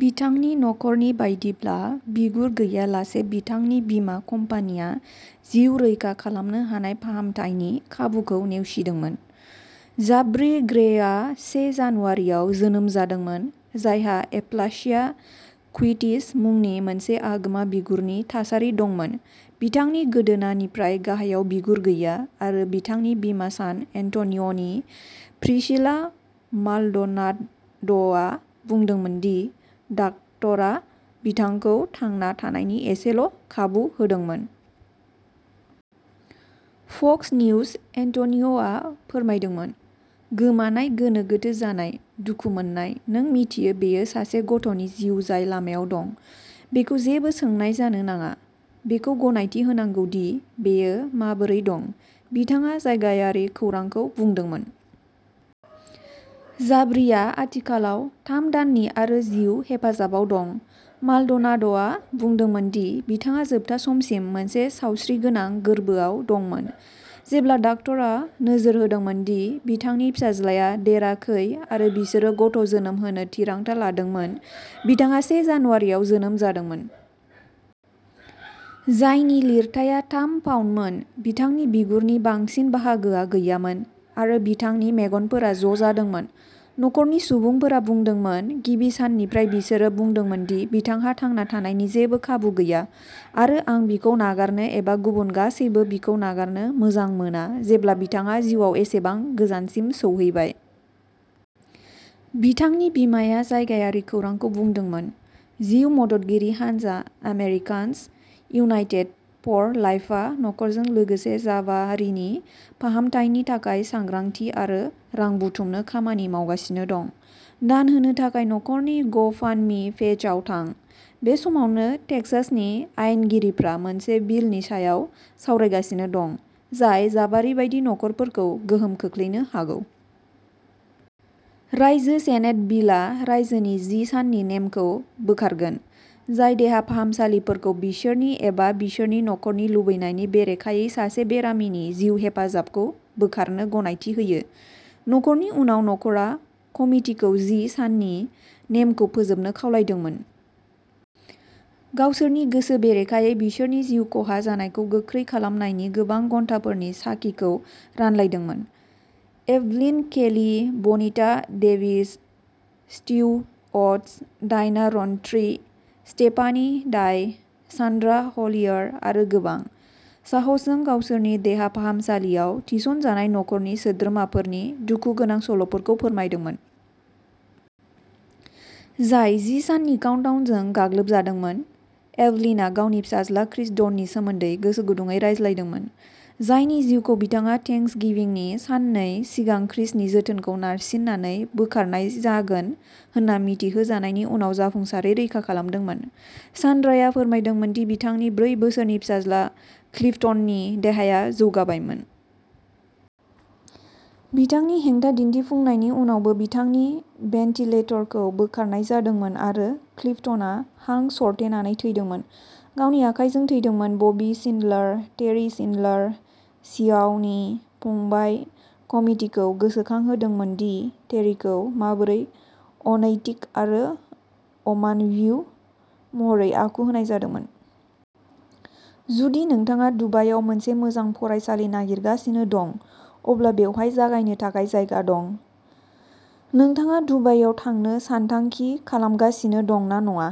बिथांनि नखरनि बायदिब्ला बिगुर गैयालासे बिथांनि बीमा कम्पानिया जिउ रैखा खालामनो हानाय फाहामथायनि खाबुखौ नेवसिदोंमोन। जाबरी ग्रेआ से जानुवारियाव जोनोम जादोंमोन। जायहा एप्लासिया क्युटिस मुंनि मोनसे आगोमा बिगुरनि थासारि दंमोन। बिथांनि गोदोनानिफ्राय गाहायाव बिगुर गैया आरो बिथांनि बिमा सान एन्ट'निय'नि प्रिसिला माल्ड'नाद'आ बुंदोंमोन दि डाक्ट'रा बिथांखौ थांना थानायनि एसेल'खाबु होदोंमोन। फक्स निउज एन्ट'निय'आ फोरमायदोंमोन। गोमानाय गोनो गोथो जानाय, दुखु मोननाय, नों मिथियो बेयो सासे गथ'नि जिउ जाय लामायाव दं। बेखौ जेबो सोंनाय जानो नाङा। बेखौ गनायथि होनांगौ दि बेयो माबोरै दं। बिथाङा जायगायारि खौरांखौ बुंदोंमोन। जाबरीआ आथिखालाव थाम दाननि आरो जिउ हेफाजाबाव दं। माल्ड'नाद'आ बुंदोंमोन दि बिथाङा जोबथा समसिम मोनसे सावस्रिगोनां गोर्बोआव दंमोन। जेब्ला डाक्ट'रा नोजोर होदोंमोन दि बिथांनि फिसाज्लाया देराखै आरो बिसोरो गथ'जोनोम होनो थिरांथा लादोंमोन। बिथाङा से जानुवारियाव जोनोम जादोंमोन। जायनि लिरथाया थाम पाउन्दमोन। बिथांनि बिगुरनि बांसिन बाहागोआ गैयामोन आरो बिथांनि मेगनफोरा ज'जादोंमोन। नखरनि सुबुंफोरा बुंदोंमोन। गिबि साननिफ्राय बिसोरो बुंदोंमोन दि बिथांहा थांना थानायनि जेबो खाबु गैया आरो आं बिखौ नागारनो एबा गुबुन गासैबो बिखौ नागारनो मोजां मोना जेब्ला बिथाङा जिउआव एसेबां गोजानसिम सौहैबाय। बिथांनि बिमाया जायगायारि खौरांखौ बुंदोंमोन। जिउ मददगिरि हानजा आमेरिकान्स इउनाइटेड फर लाइफआ नखरजों लोगोसे जाबारिनि फाहामथायनि थाखाय सांग्रांथि आरो रां बुथुमनो खामानि मावगासिनो दं। दान होनो थाखाय नखरनि ग'फान्डमी पेजआव थां। बे समावनो टेक्सासनि आयेनगिरिफ्रा मोनसे बिलनि सायाव सावरायगासिनो दं जाय जाबारि बायदि नखरफोरखौ गोहोम खोख्लैनो हागौ। रायजो सेनेट बिल आ रायजोनि जि साननि नेमखौ बोखारगोन। जाय देहा फाहामसालिफोरखौ बिसोरनि एबा बिसोरनि नखरनि लुबैनायनि बेरेखायै सासे बेरामिनि जिउ हेफाजाबखौ बोखारनो गनायथि होयो। नखरनि उनाव न'खरआ कमितिखौ जि साननि नेमखौ फोजोबनो खावलायदोंमोन। गावसोरनि गोसो बेरेखायै बिसोरनि जिउ खहा जानायखौ गोख्रै खालामनायनि गोबां घन्टाफोरनि साखिखौ रानलायदोंमोन। Evelyn Kelly, Bonita Davis, Steve Arts, Diana Rountree, Stephanie Dye, Sandra हलियर आरो गोबां। साहसजों गावसोरनि देहा फाहामसालियाव थिसनजानाय नखरनि सोद्रोमाफोरनि दुखुगोनां सल'फोरखौ फोरमायदोंमोन। जाय जि साननि काउन्टडाउनजों गाग्लोबजादोंमोन। एभलिनआ गावनि फिसाज्ला क्रिस डननि सोमोन्दै गोसो गुदुंयै रायज्लायदोंमोन। जायनि जिउखौ बिथाङा थेंक्सगिविंनि साननै सिगां क्रिसनि जोथोनखौ नारसिननानै बोखारनाय जागोन होनना मिथिहोजानायनि उनाव जाफुंसारै रैखा खालामदोंमोन। सान्ड्राया फोरमायदोंमोन दि बिथांनि ब्रै बोसोरनि फिसाज्ला क्लिफटननि देहाया जौगाबायमोन। बिथांनि हेंथा दिन्थिफुंनायनि उनावबो बिथांनि भेन्टिलेटरखौ बोखारनाय जादोंमोन आरो क्लिफटनआ हां सरथेनानै थैदोंमोन। गावनि आखाइजों थैदोंमोन। बबी शिन्डलर, टेरी शिन्डलर शियाव'नि फंबाय कमितिखौ गोसोखांहोदोंमोन दि टेरीखौ माबोरै अनैतिक आरो अमानवीय महरै आखु होनाय जादोंमोन। जुदि नोंथाङा दुबाइआव मोनसे मोजां फरायसालि नागिरगासिनो दं अब्ला बेवहाय जागायनो थाखाय जायगा दं। नोंथाङा दुबाइआव थांनो सानथांखि खालामगासिनो दं ना नङा।